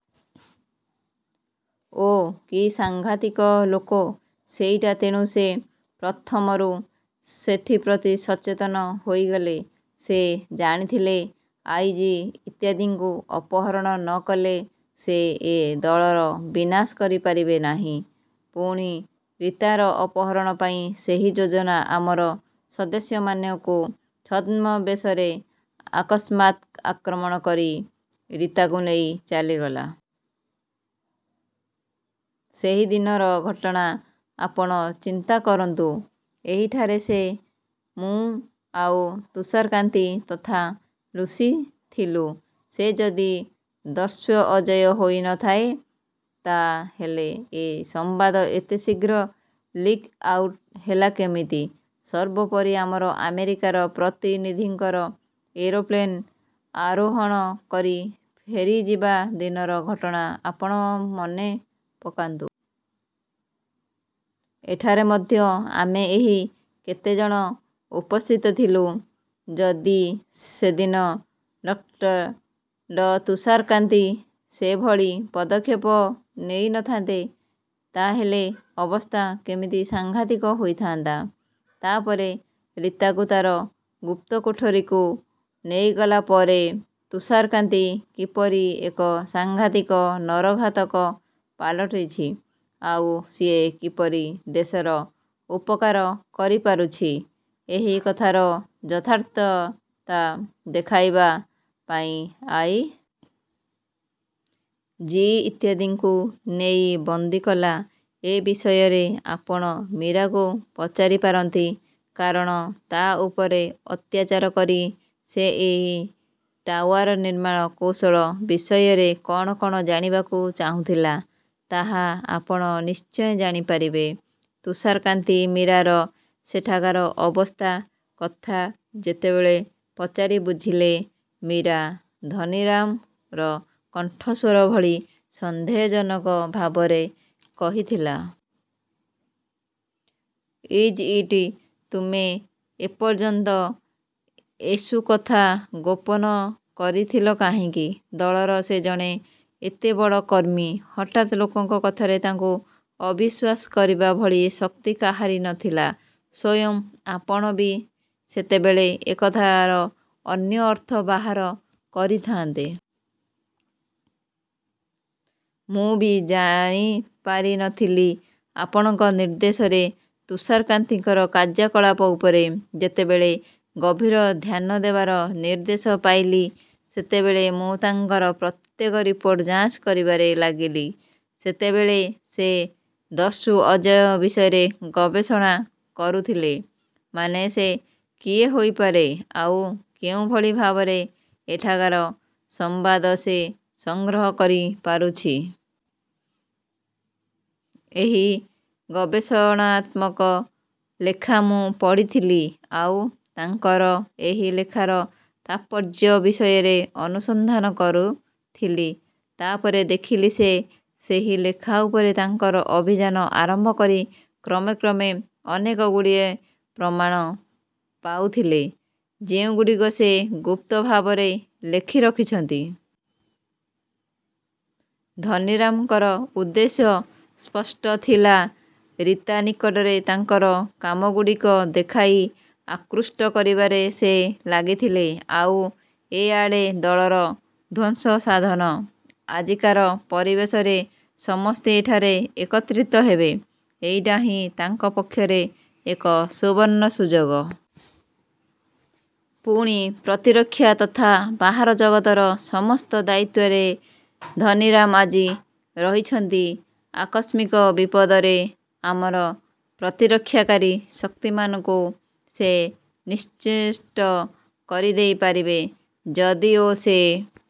ଓଃ, କି ସାଙ୍ଘାତିକ ଲୋକ ସେଇଟା ତେଣୁ ସେ ପ୍ରଥମରୁ ସେଥିପ୍ରତି ସଚେତନ ହୋଇଗଲେ। ସେ ଜାଣିଥିଲେ, ଆଇ. ଜି. ଇତ୍ୟାଦିଙ୍କୁ ଅପହରଣ ନ କଲେ ସେ ଏ ଦଳର ବିନାଶ କରିପାରିବେ ନାହିଁ। ପୁଣି ରୀତାର ଅପହରଣ ପାଇଁ ସେହି ଯୋଜନା ଆମର ସଦସ୍ୟମାନଙ୍କୁ ଛଦ୍ମବେଶରେ ଅକସ୍ମାତ୍ ଆକ୍ରମଣ କରି ରୀତାକୁ ନେଇ ଚାଲିଗଲା। ସେହି ଦିନର ଘଟଣା ଆପଣ ଚିନ୍ତା କରନ୍ତୁ। ଏହିଠାରେ ସେ, ମୁଁ ଆଉ ତୁଷାରକାନ୍ତି ତଥା ଲୁସି ଥିଲୁ। ସେ ଯଦି ଦସ୍ୟୁ ଅଜୟ ହୋଇ ନ ଥାଏ, ତା ହେଲେ ଏ ସମ୍ବାଦ ଏତେ ଶୀଘ୍ର ଲିକ୍ ଆଉଟ୍ ହେଲା କେମିତି? ସର୍ବୋପରି ଆମର ଆମେରିକାର ପ୍ରତିନିଧିଙ୍କ ଏରୋପ୍ଲେନ୍ ଆରୋହଣ କରି ଫେରିଯିବା ଦିନର ଘଟଣା ଆପଣ ମନେ ପକାନ୍ତୁ। ଏଠାରେ ମଧ୍ୟ ଆମେ ଏହି କେତେ ଜଣ ଉପସ୍ଥିତ ଥିଲୁ। ଯଦି ସେଦିନ ଡ: ତୁଷାରକାନ୍ତି ସେଭଳି ପଦକ୍ଷେପ ନେଇ ନ ଥାନ୍ତେ, ତା ହେଲେ ଅବସ୍ଥା କେମିତି ସାଙ୍ଘାତିକ ହୋଇଥାନ୍ତା? ତା ପରେ ରୀତାକୁ ତାର ଗୁପ୍ତ କୋଠରିକୁ ନେଇଗଲା ପରେ ତୁଷାରକାନ୍ତି କିପରି ଏକ ସାଙ୍ଘାତିକ ନରଘାତକ ପାଲଟିଛି, ଆଉ ସିଏ କିପରି ଦେଶର ଉପକାର କରି ପାରୁଛି, ଏହି କଥାର ଯଥାର୍ଥତା ଦେଖାଇବା ପାଇଁ ଆଇ. ଜି. ଇତ୍ୟାଦିଙ୍କୁ ନେଇ ବନ୍ଦୀ କଲା। ଏ ବିଷୟରେ ଆପଣ ମୀରାକୁ ପଚାରି ପାରନ୍ତି। କାରଣ ତା ଉପରେ ଅତ୍ୟାଚାର କରି ସେ ଏହି ଟାୱାର ନିର୍ମାଣ କୌଶଳ ବିଷୟରେ କଣ କଣ ଜାଣିବାକୁ ଚାହୁଁଥିଲା, ତାହା ଆପଣ ନିଶ୍ଚୟ ଜାଣିପାରିବେ। ତୁଷାରକାନ୍ତି ମୀରାର ସେଠାକାର ଅବସ୍ଥା କଥା ଯେତେବେଳେ ପଚାରି ବୁଝିଲେ, ମୀରା ଧନୀରାମ ର କଣ୍ଠସ୍ୱର ଭଳି ସନ୍ଦେହଜନକ ଭାବରେ କହିଥିଲା। Is it! ତୁମେ ଏ ପର୍ଯ୍ୟନ୍ତ ଏସ୍ବୁ କଥା ଗୋପନ କରିଥିଲ କାହିଁକି? ଦଳର ସେ ଜଣେ ଏତେ ବଡ଼ କର୍ମୀ। ହଠାତ୍ ଲୋକଙ୍କ କଥାରେ ତାଙ୍କୁ ଅବିଶ୍ୱାସ କରିବା ଭଳି ଶକ୍ତି କାହାରି ନ ଥିଲା। ସ୍ୱୟଂ ଆପଣ ବି ସେତେବେଳେ ଏ କଥାର ଅନ୍ୟ ଅର୍ଥ ବାହାର କରିଥାନ୍ତେ। ମୁଁ ବି ଜାଣିପାରି ନ ଥିଲି। ଆପଣଙ୍କ ନିର୍ଦ୍ଦେଶରେ ତୁଷାରକାନ୍ତିଙ୍କ କାର୍ଯ୍ୟକଳାପ ଉପରେ ଯେତେବେଳେ ଗଭୀର ଧ୍ୟାନ ଦେବାର ନିର୍ଦ୍ଦେଶ ପାଇଲି, ସେତେବେଳେ ମୁଁ ତାଙ୍କର ପ୍ରତ୍ୟେକ ରିପୋର୍ଟ ଯାଞ୍ଚ କରିବାରେ ଲାଗିଲି। ସେତେବେଳେ ସେ ଦସ୍ୟୁ ଅଜୟ ବିଷୟରେ ଗବେଷଣା କରୁଥିଲେ। ମାନେ, ସେ କିଏ ହୋଇପାରେ ଆଉ କେଉଁଭଳି ଭାବରେ ଏଠାକାର ସମ୍ବାଦ ସେ ସଂଗ୍ରହ କରି ପାରୁଛି। ଏହି ଗବେଷଣାତ୍ମକ ଲେଖା ମୁଁ ପଢ଼ିଥିଲି। ଆଉ ତାଙ୍କର ଏହି ଲେଖାର ତାତ୍ପର୍ଯ୍ୟ ବିଷୟରେ ଅନୁସନ୍ଧାନ କରୁଥିଲି। ତା ପରେ ଦେଖିଲି, ସେ ସେହି ଲେଖା ଉପରେ ତାଙ୍କର ଅଭିଯାନ ଆରମ୍ଭ କରି କ୍ରମେ କ୍ରମେ ଅନେକଗୁଡ଼ିଏ ପ୍ରମାଣ ପାଉଥିଲେ, ଯେଉଁଗୁଡ଼ିକ ସେ ଗୁପ୍ତ ଭାବରେ ଲେଖି ରଖିଛନ୍ତି। ଧନୀରାମ ଙ୍କର ଉଦ୍ଦେଶ୍ୟ ସ୍ପଷ୍ଟ ଥିଲା। ରୀତା ନିକଟରେ ତାଙ୍କର କାମଗୁଡ଼ିକ ଦେଖାଇ ଆକୃଷ୍ଟ କରିବାରେ ସେ ଲାଗିଥିଲେ। ଆଉ ଏ ଆଡ଼େ ଦଳର ଧ୍ୱଂସ ସାଧନ। ଆଜିକାର ପରିବେଶରେ ସମସ୍ତେ ଏଠାରେ ଏକତ୍ରିତ ହେବେ। ଏଇଟା ହିଁ ତାଙ୍କ ପକ୍ଷରେ ଏକ ସୁବର୍ଣ୍ଣ ସୁଯୋଗ। ପୁଣି ପ୍ରତିରକ୍ଷା ତଥା ବାହାର ଜଗତର ସମସ୍ତ ଦାୟିତ୍ୱରେ ଧନୀରାମ ଆଜି ରହିଛନ୍ତି। ଆକସ୍ମିକ ବିପଦରେ ଆମର ପ୍ରତିରକ୍ଷାକାରୀ ଶକ୍ତିମାନଙ୍କୁ ସେ ନିଶ୍ଚେଷ୍ଟ କରିଦେଇ ପାରିବେ। ଯଦିଓ ସେ